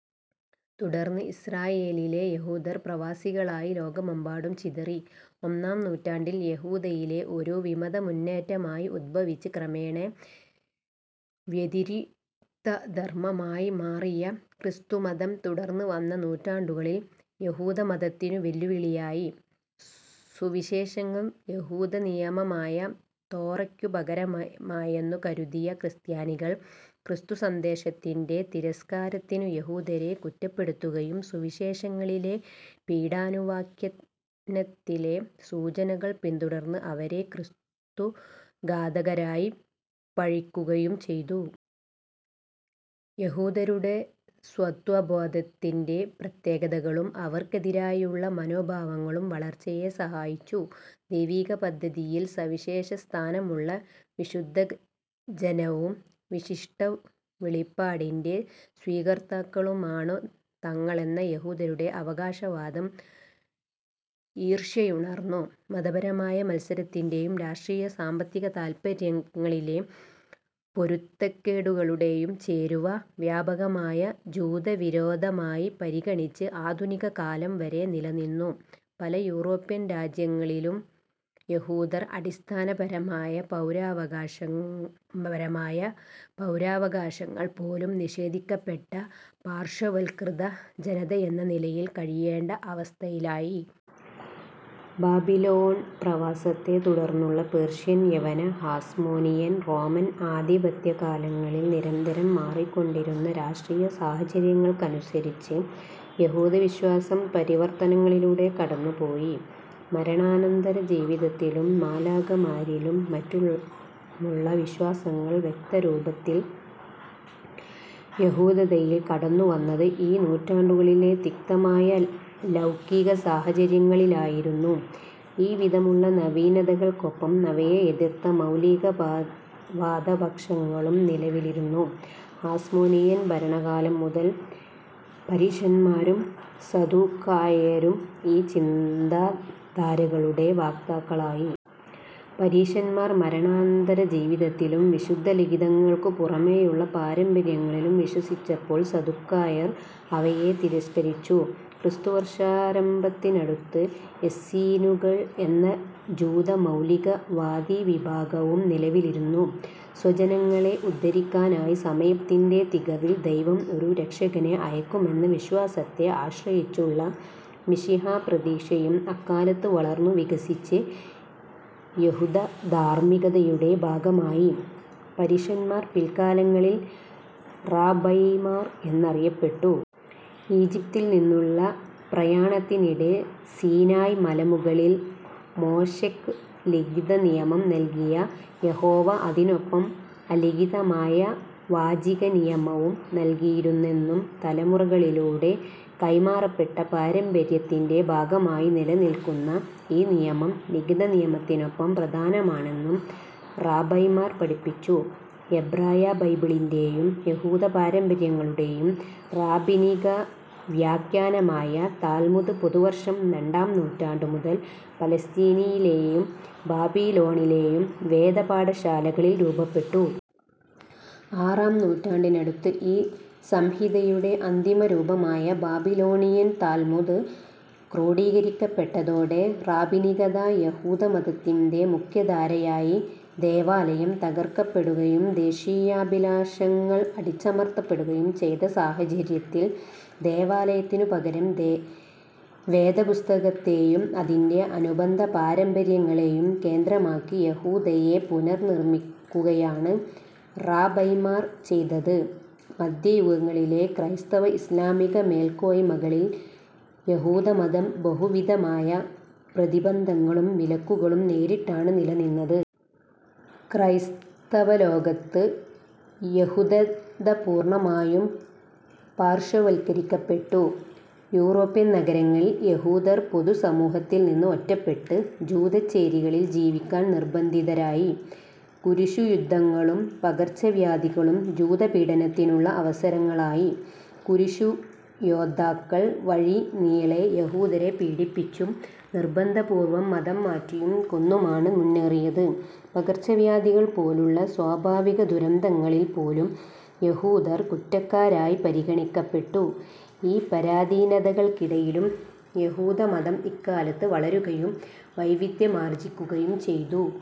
തുടർന്ന് ഇസ്രായേലിലെ യഹൂദർ പ്രവാസികളായി ലോകമെമ്പാടും ചിതറി. ഒന്നാം നൂറ്റാണ്ടിൽ യഹൂദതയിലെ ഒരു വിമതമുന്നേറ്റമായി ഉത്ഭവിച്ച് ക്രമേണ വ്യതിരിക്തധർമ്മമായി മാറിയ ക്രിസ്തുമതം, തുടർന്നു വന്ന നൂറ്റാണ്ടുകളിൽ യഹൂദമതത്തിനു വെല്ലുവിളിയായി. സുവിശേഷങ്ങൾ യഹൂദനിയമമായ തോറയ്ക്കു പകരമായെന്നു കരുതിയ ക്രിസ്ത്യാനികൾ, ക്രിസ്തുസന്ദേശത്തിന്റെ തിരസ്കാരത്തിനു യഹൂദരെ കുറ്റപ്പെടുത്തുകയും സുവിശേഷങ്ങളിലെ പീഡാനുഭവാഖ്യാനത്തിലെ സൂചനകൾ പിന്തുടർന്ന്, അവരെ ക്രിസ്തുഘാതകരായി പഴിക്കുകയും ചെയ്തു. യഹൂദരുടെ സ്വത്വബോധത്തിന്റെ പ്രത്യേകതകളും അവർക്കെതിരായുള്ള മനോഭാവങ്ങളുടെ വളർച്ചയെ സഹായിച്ചു. ദൈവികപദ്ധതിയിൽ സവിശേഷസ്ഥാനമുള്ള വിശുദ്ധജനവും, വിശിഷ്ടവെളിപാടിന്റെ സ്വീകർത്താക്കളുമാണു തങ്ങളെന്ന യഹൂദരുടെ അവകാശവാദം ഈർഷ്യയുണർത്തി. മതപരമായ മത്സരത്തിന്റെയും രാഷ്ട്രീയ-സാമ്പത്തിക താത്പര്യങ്ങളിലെ പൊരുത്തക്കേടുകളുടേയും ചേരുവ, വ്യാപകമായ ജൂതവിരോധമായി പരിണമിച്ച് ആധുനികകാലം വരെ നിലനിന്നു. പല യൂറോപ്യൻ രാജ്യങ്ങളിലും യഹൂദർ, അടിസ്ഥാനപരമായ പൗരാവകാശങ്ങൾ പോലും നിഷേധിക്കപ്പെട്ട പാർശ്വവൽക്കൃത ജനതയെന്ന നിലയിൽ കഴിയേണ്ട അവസ്ഥയിലായി. ബാബിലോൺ പ്രവാസത്തെ തുടർന്നുള്ള പേർഷ്യൻ, യവന, ഹാസ്മോനിയൻ, റോമൻ ആധിപത്യകാലങ്ങളിൽ നിരന്തരം മാറിക്കൊണ്ടിരുന്ന രാഷ്ട്രീയസാഹചര്യങ്ങൾക്കനുസരിച്ച് യഹൂദവിശ്വാസം പരിവർത്തനങ്ങളിലൂടെ കടന്നുപോയി. മരണാനന്തരജീവിതത്തിലും മാലാഖമാരിലും മറ്റുമുള്ള വിശ്വാസങ്ങൾ വ്യക്തരൂപത്തിൽ യഹൂദതയിൽ കടന്നു വന്നത് ഈ നൂറ്റാണ്ടുകളിലെ തിക്തമായ ലൗകികസാഹചര്യങ്ങളിലായിരുന്നു. ഈവിധമുള്ള നവീനതകൾക്കൊപ്പം അവയെ എതിർത്ത മൗലികവാദപക്ഷങ്ങളും നിലവിലിരുന്നു. ഹാസ്മോനിയൻ ഭരണകാലം മുതൽ, പരീശന്മാരും സദുക്കായരും ഈ ചിന്താധാരകളുടെ വക്താക്കളായി. പരീശന്മാർ മരണാനന്തരജീവിതത്തിലും വിശുദ്ധലിഖിതങ്ങൾക്കു പുറമേയുള്ള പാരമ്പര്യങ്ങളിലും വിശ്വസിച്ചപ്പോൾ സദുക്കായർ അവയെ തിരസ്കരിച്ചു. ക്രിസ്തുവർഷാരംഭത്തിനടുത്ത് എസ്സീനുകൾ എന്ന ജൂതമൗലികവാദിവിഭാഗവും നിലവിലിരുന്നു. സ്വജനങ്ങളെ ഉദ്ധരിക്കാനായി സമയത്തിന്റെ തികവിൽ ദൈവം ഒരു രക്ഷകനെ അയക്കുമെന്ന വിശ്വാസത്തെ ആശ്രയിച്ചുള്ള മിശിഹാപ്രതീക്ഷയും അക്കാലത്ത് വളർന്നു വികസിച്ച് യഹുദധാർമ്മികതയുടെ ഭാഗമായി. പരീശന്മാർ പിൽക്കാലങ്ങളിൽ റാബൈമാർ എന്നറിയപ്പെട്ടു. ഈജിപ്തിൽ നിന്നുള്ള പ്രയാണത്തിനിടെ സീനായ് മലമുകളിൽ മോശെക്ക് ലിഖിതനിയമം നൽകിയ യഹോവ അതിനൊപ്പം അലിഖിതമായ വാചികനിയമവും നൽകിയിരുന്നെന്നും തലമുറകളിലൂടെ കൈമാറപ്പെട്ട് പാരമ്പര്യത്തിന്റെ ഭാഗമായി നിലനിൽക്കുന്ന ഈ നിയമം ലിഖിതനിയമത്തിനൊപ്പം പ്രധാനമാണെന്നും റാബൈമാർ പഠിപ്പിച്ചു. എബ്രായബൈബിളിന്റേയും യഹൂദപാരമ്പര്യങ്ങളുടേയും റാബിനികവ്യാഖ്യാനമായ താൽമുദ് പൊതുവർഷം രണ്ടാം നൂറ്റാണ്ടു മുതൽ പലസ്തീനയിലേയും ബാബിലോണിലേയും വേദപാഠശാലകളിൽ രൂപപ്പെട്ടു. ആറാം നൂറ്റാണ്ടിനടുത്ത് ഈ സംഹിതയുടെ അന്തിമരൂപമായ "ബാബിലോണിയൻ താൽമുദ്" ക്രോഡീകരിക്കപ്പെട്ടതോടെ റാബിനികത, യഹൂദമതത്തിന്റെ മുഖ്യധാരയായി. ദേവാലയം തകർക്കപ്പെടുകയും ദേശീയാഭിലാഷങ്ങൾ അടിച്ചമർത്തപ്പെടുകയും ചെയ്ത സാഹചര്യത്തിൽ ദേവാലയത്തിനു പകരം വേദപുസ്തകത്തേയും അതിന്റെ അനുബന്ധപാരമ്പര്യങ്ങളേയും കേന്ദ്രമാക്കി യഹുദതയെ പുനർനിമ്മിക്കുകയാണ് റാബൈമാർ ചെയ്തത്. മദ്ധ്യയുഗങ്ങളിലെ ക്രൈസ്തവ, ഇസ്ലാമിക മേൽക്കോയ്മകളിൽ യഹൂദമതം ബഹുവിധമായ പ്രതിബന്ധങ്ങളും വിലക്കുകളും നേരിട്ടാണ് നിലനിന്നത്. ക്രൈസ്തവലോകത്ത് യഹുദത പൂർണ്ണമായും പാർശ്വവൽക്കരിക്കപ്പെട്ടു. യൂറോപ്യൻ നഗരങ്ങളിൽ യഹൂദർ പൊതുസമൂഹത്തിൽ നിന്ന് ഒറ്റപ്പെട്ട്, ജൂതച്ചേരികളിൽ ജീവിക്കാൻ നിർബ്ബന്ധിതരായി. കുരിശുയുദ്ധങ്ങളും പകർച്ചവ്യാധികളും, ജൂതപീഡനത്തിനുള്ള അവസരങ്ങളായി. കുരിശുയോദ്ധാക്കൾ വഴിനീളെ യഹൂദരെ പീഡിപ്പിച്ചും നിർബ്ബന്ധപൂർവം മതംമാറ്റിയും കൊന്നുമാണു മുന്നേറിയത്. പകർച്ചവ്യാധികൾ പോലുള്ള സ്വാഭാവികദുരന്തങ്ങളിൽ പോലും യഹൂദർ കുറ്റക്കാരായി പരിഗണിക്കപ്പെട്ടു. ഈ പരാധീനതകൾക്കിടയിലും യഹൂദമതം ഇക്കാലത്ത് വളരുകയും വൈവിദ്ധ്യമാർജ്ജിക്കുകയും ചെയ്തു.